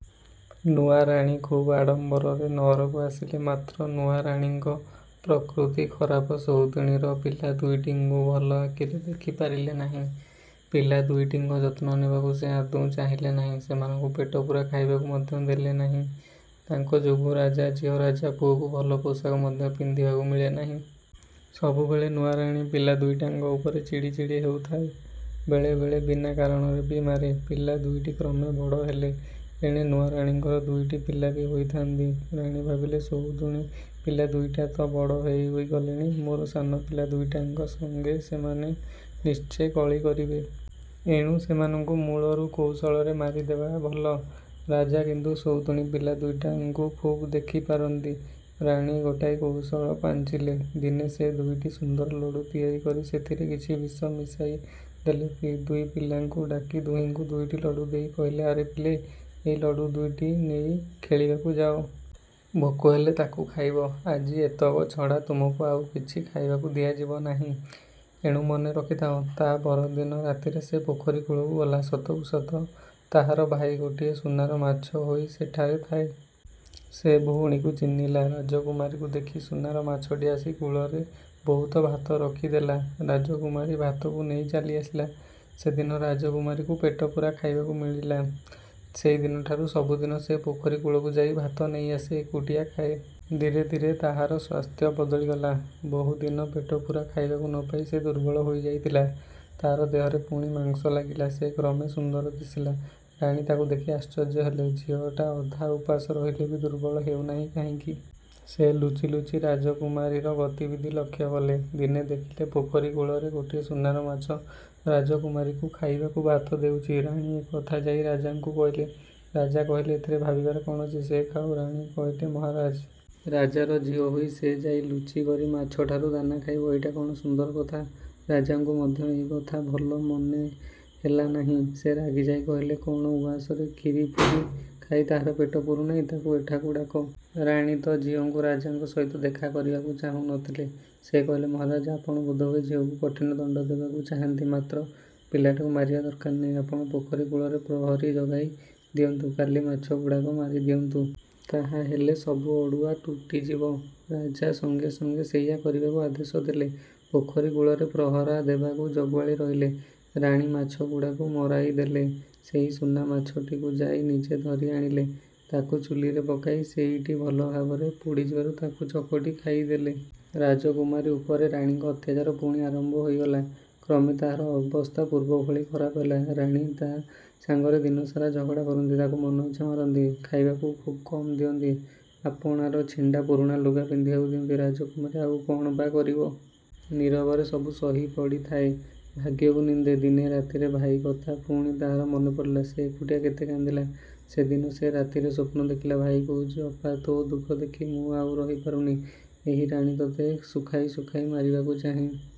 ନୂଆ ରାଣୀ ଖୁବ୍ ଆଡ଼ମ୍ବରରେ ନଅରକୁ ଆସିଲେ, ମାତ୍ର ନୂଆ ରାଣୀଙ୍କ ପ୍ରକୃତି ଖରାପ, ସଉତୁଣୀର ପିଲା ଦୁଇଟିଙ୍କୁ ଭଲ ଆଖିରେ ଦେଖିପାରିଲେ ନାହିଁ। ପିଲା ଦୁଇଟିଙ୍କ ଯତ୍ନ ନେବାକୁ ସେ ଆଦୌ ଚାହିଁଲେ ନାହିଁ। ସେମାନଙ୍କୁ ପେଟପୂରା ଖାଇବାକୁ ମଧ୍ୟ ଦେଲେ ନାହିଁ। ତାଙ୍କ ଯୋଗୁ ରା ଜାଝିଅ, ରାଜାପୁଅକୁ ଭଲ ପୋଷାକ ମଧ୍ୟ ପିନ୍ଧିବାକୁ ମିଳେ ନାହିଁ। ସବୁବେଳେ ନୂଆରାଣୀ ପିଲା ଦୁଇଟାଙ୍କ ଉପରେ ଚିଡ଼ି ଚିଡ଼ି ହେଉଥାଏ, ବେଳେବେଳେ ବିନା କାରଣରେ ବି ମାରେ। ପିଲା ଦୁଇଟି କ୍ରମେ ବଡ଼ ହେଲେ। ଏଣେ ନୂଆ ରାଣୀଙ୍କର ଦୁଇଟି ପିଲା ବି ହୋଇଥାନ୍ତି। ରାଣୀ ଭାବିଲେ, ସଉତୁଣୀ ପିଲା ଦୁଇଟା ତ ବଡ଼ ହୋଇଗଲେଣି, ମୋର ସାନ ପିଲା ଦୁଇଟାଙ୍କ ସଙ୍ଗେ ସେମାନେ ନିଶ୍ଚେ କଳି କରିବେ। ଏଣୁ ସେମାନଙ୍କୁ ମୂଳରୁ କୌଶଳରେ ମାରିଦେବା ଭଲ। ରାଜା କିନ୍ତୁ ସଉତୁଣୀ ପିଲା ଦୁଇଟାଙ୍କୁ ଖୁବ୍ ଦେଖିପାରନ୍ତି। ରାଣୀ ଗୋଟାଏ କୌଶଳ ପାଞ୍ଚିଲେ। ଦିନେ ସେ ଦୁଇଟି ସୁନ୍ଦର ଲଡ଼ୁ ତିଆରି କରି ସେଥିରେ କିଛି ବିଷ ମିଶାଇଦେଲେ। ଦୁଇ ପିଲାଙ୍କୁ ଡାକି ଦୁହିଁଙ୍କୁ ଦୁଇଟି ଲଡ଼ୁ ଦେଇ କହିଲେ, ଆରେ ପିଲେ, ଏଇ ଲଡ଼ୁ ଦୁଇଟି ନେଇ ଖେଳିବାକୁ ଯାଅ। ଭୋକ ହେଲେ ତାକୁ ଖାଇବ। ଆଜି ଏତକ ଛଡ଼ା ତୁମକୁ ଆଉ କିଛି ଖାଇବାକୁ ଦିଆଯିବ ନାହିଁ। ଏଣୁ ମନେ ରଖିଥାଅ। ତା ପର ଦିନ ରାତିରେ ସେ ପୋଖରୀ କୂଳକୁ ଗଲା। ସତକୁ ସତ ତାହାର ଭାଇ ଗୋଟିଏ ସୁନାର ମାଛ ହୋଇ ସେଠାରେ ଥାଏ। ସେ ଭଉଣୀକୁ ଚିହ୍ନିଲା। ରାଜକୁମାରୀକୁ ଦେଖି ସୁନାର ମାଛଟି ଆସି କୂଳରେ ବହୁତ ଭାତ ରଖିଦେଲା। ରାଜକୁମାରୀ ଭାତକୁ ନେଇ ଚାଲିଆସିଲା। ସେଦିନ ରାଜକୁମାରୀକୁ ପେଟପୂରା ଖାଇବାକୁ ମିଳିଲା। ସେଇ ଦିନଠାରୁ ସବୁଦିନ ସେ ପୋଖରୀ କୂଳକୁ ଯାଇ ଭାତ ନେଇ ଆସେ। ଏକୁଟିଆ ଖାଏ। ଧୀରେ ଧୀରେ ତାହାର ସ୍ୱାସ୍ଥ୍ୟ ବଦଳିଗଲା। ବହୁ ଦିନ ପେଟପୂରା ଖାଇବାକୁ ନ ପାଇ ସେ ଦୁର୍ବଳ ହୋଇଯାଇଥିଲା। ତା ଦେହରେ ପୁଣି ମାଂସ ଲାଗିଲା। ସେ କ୍ରମେ ସୁନ୍ଦର ଦିଶିଲା। ରାଣୀ ତାକୁ ଦେଖି ଆଶ୍ଚର୍ଯ୍ୟ ହେଲେ। ଝିଅଟା ଅଧା ଉପାସ ରହିଲେ ବି ଦୁର୍ବଳ ହେଉନାହିଁ କାହିଁକି? ସେ ଲୁଚି ଲୁଚି ରାଜକୁମାରୀର ଗତିବିଧି ଲକ୍ଷ୍ୟ କଲେ। ଦିନେ ଦେଖିଲେ, ପୋଖରୀ କୂଳରେ ଗୋଟିଏ ସୁନାର ମାଛ ରାଜକୁମାରୀକୁ ଖାଇବାକୁ ଭାତ ଦେଉଛି। ରାଣୀ ଏ କଥା ଯାଇ ରାଜାଙ୍କୁ କହିଲେ। ରାଜା କହିଲେ, ଏଥିରେ ଭାବିବାର କ'ଣ ଅଛି? ସେ ଖାଉ। ରାଣୀ କହିଲେ, ମହାରାଜ! ରାଜାର ଝିଅ ହୋଇ ସେ ଯାଇ ଲୁଚିକରି ମାଛଠାରୁ ଦାନା ଖାଇବ? ଏଇଟା କ'ଣ ସୁନ୍ଦର କଥା? ରାଜାଙ୍କୁ ମଧ୍ୟ ଏ କଥା ଭଲ ମନେହେଲା ନାହିଁ। ସେ ରାଗିଯାଇ କହିଲେ, କ'ଣ ଉଆସରେ କ୍ଷୀରି ପୁରୀ ଖାଇ ତାହାର ପେଟ ପୂରୁନାହିଁ? ତାକୁ ଏଠାକୁ ଡାକ। ରାଣୀ ତ ଝିଅକୁ ରାଜାଙ୍କ ସହିତ ଦେଖା କରିବାକୁ ଚାହୁଁ ନ ଥିଲେ। ସେ କହିଲେ, ମହାରାଜ! ଆପଣ ବୋଧହୁଏ ଝିଅକୁ କଠିନ ଦଣ୍ଡ ଦେବାକୁ ଚାହାନ୍ତି, ମାତ୍ର ପିଲାଟାକୁ ମାରିବା ଦରକାର ନାହିଁ। ଆପଣ ପୋଖରୀ କୂଳରେ ପ୍ରହରୀ ଜଗାଇ ଦିଅନ୍ତୁ। କାଲି ମାଛଗୁଡ଼ାକ ମାରିଦିଅନ୍ତୁ। ତାହା ହେଲେ ସବୁ ଅଡ଼ୁଆ ତୁଟିଯିବ। ରାଜା ସଙ୍ଗେ ସଙ୍ଗେ ସେଇଆ କରିବାକୁ ଆଦେଶ ଦେଲେ। ପୋଖରୀ କୂଳରେ ପ୍ରହରା ଦେବାକୁ ଜଗୁଆଳି ରହିଲେ। ରାଣୀ ମାଛଗୁଡ଼ାକୁ ମରାଇଦେଲେ। ସେହି ସୁନା ମାଛଟିକୁ ଯାଇ ନିଜେ ଧରି ଆଣିଲେ। ତାକୁ ଚୁଲିରେ ପକାଇ ସେଇଟି ଭଲ ଭାବରେ ପୋଡ଼ିଯିବାରୁ ତାକୁ ଚକଟି ଖାଇଦେଲେ। ରାଜକୁମାରୀ ଉପରେ ରାଣୀଙ୍କ ଅତ୍ୟାଚାର ପୁଣି ଆରମ୍ଭ ହୋଇଗଲା। କ୍ରମେ ତାହାର ଅବସ୍ଥା ପୂର୍ବଭଳି ଖରାପ ହେଲା। ରାଣୀ ତା ସଙ୍ଗରେ ଦିନସାରା ଝଗଡ଼ା କରନ୍ତି। ତାକୁ ମନଇଚ୍ଛା ମାରନ୍ତି। ଖାଇବାକୁ ଖୁବ୍ କମ୍ ଦିଅନ୍ତି। ଆପଣାର ଛିଣ୍ଡା ପୁରୁଣା ଲୁଗା ପିନ୍ଧିବାକୁ ଦିଅନ୍ତି। ରାଜକୁମାରୀ ଆଉ କ'ଣ ବା କରିବ? ନୀରବରେ ସବୁ ସହି ପଡ଼ିଥାଏ। ଭାଗ୍ୟକୁ ନିନ୍ଦେ। ଦିନେ ରାତିରେ ଭାଇ କଥା ପୁଣି ତାହାର ମନେପଡ଼ିଲା। ସେ ଏକୁଟିଆ କେତେ କାନ୍ଦିଲା। ସେଦିନ ସେ ରାତିରେ ସ୍ୱପ୍ନ ଦେଖିଲା। ଭାଇ କହୁଛି, ଅପା, ତୋ ଦୁଃଖ ଦେଖି ମୁଁ ଆଉ ରହିପାରୁନି। ଏହି ରାଣୀ ତୋତେ ଶୁଖାଇ ଶୁଖାଇ ମାରିବାକୁ ଚାହେଁ।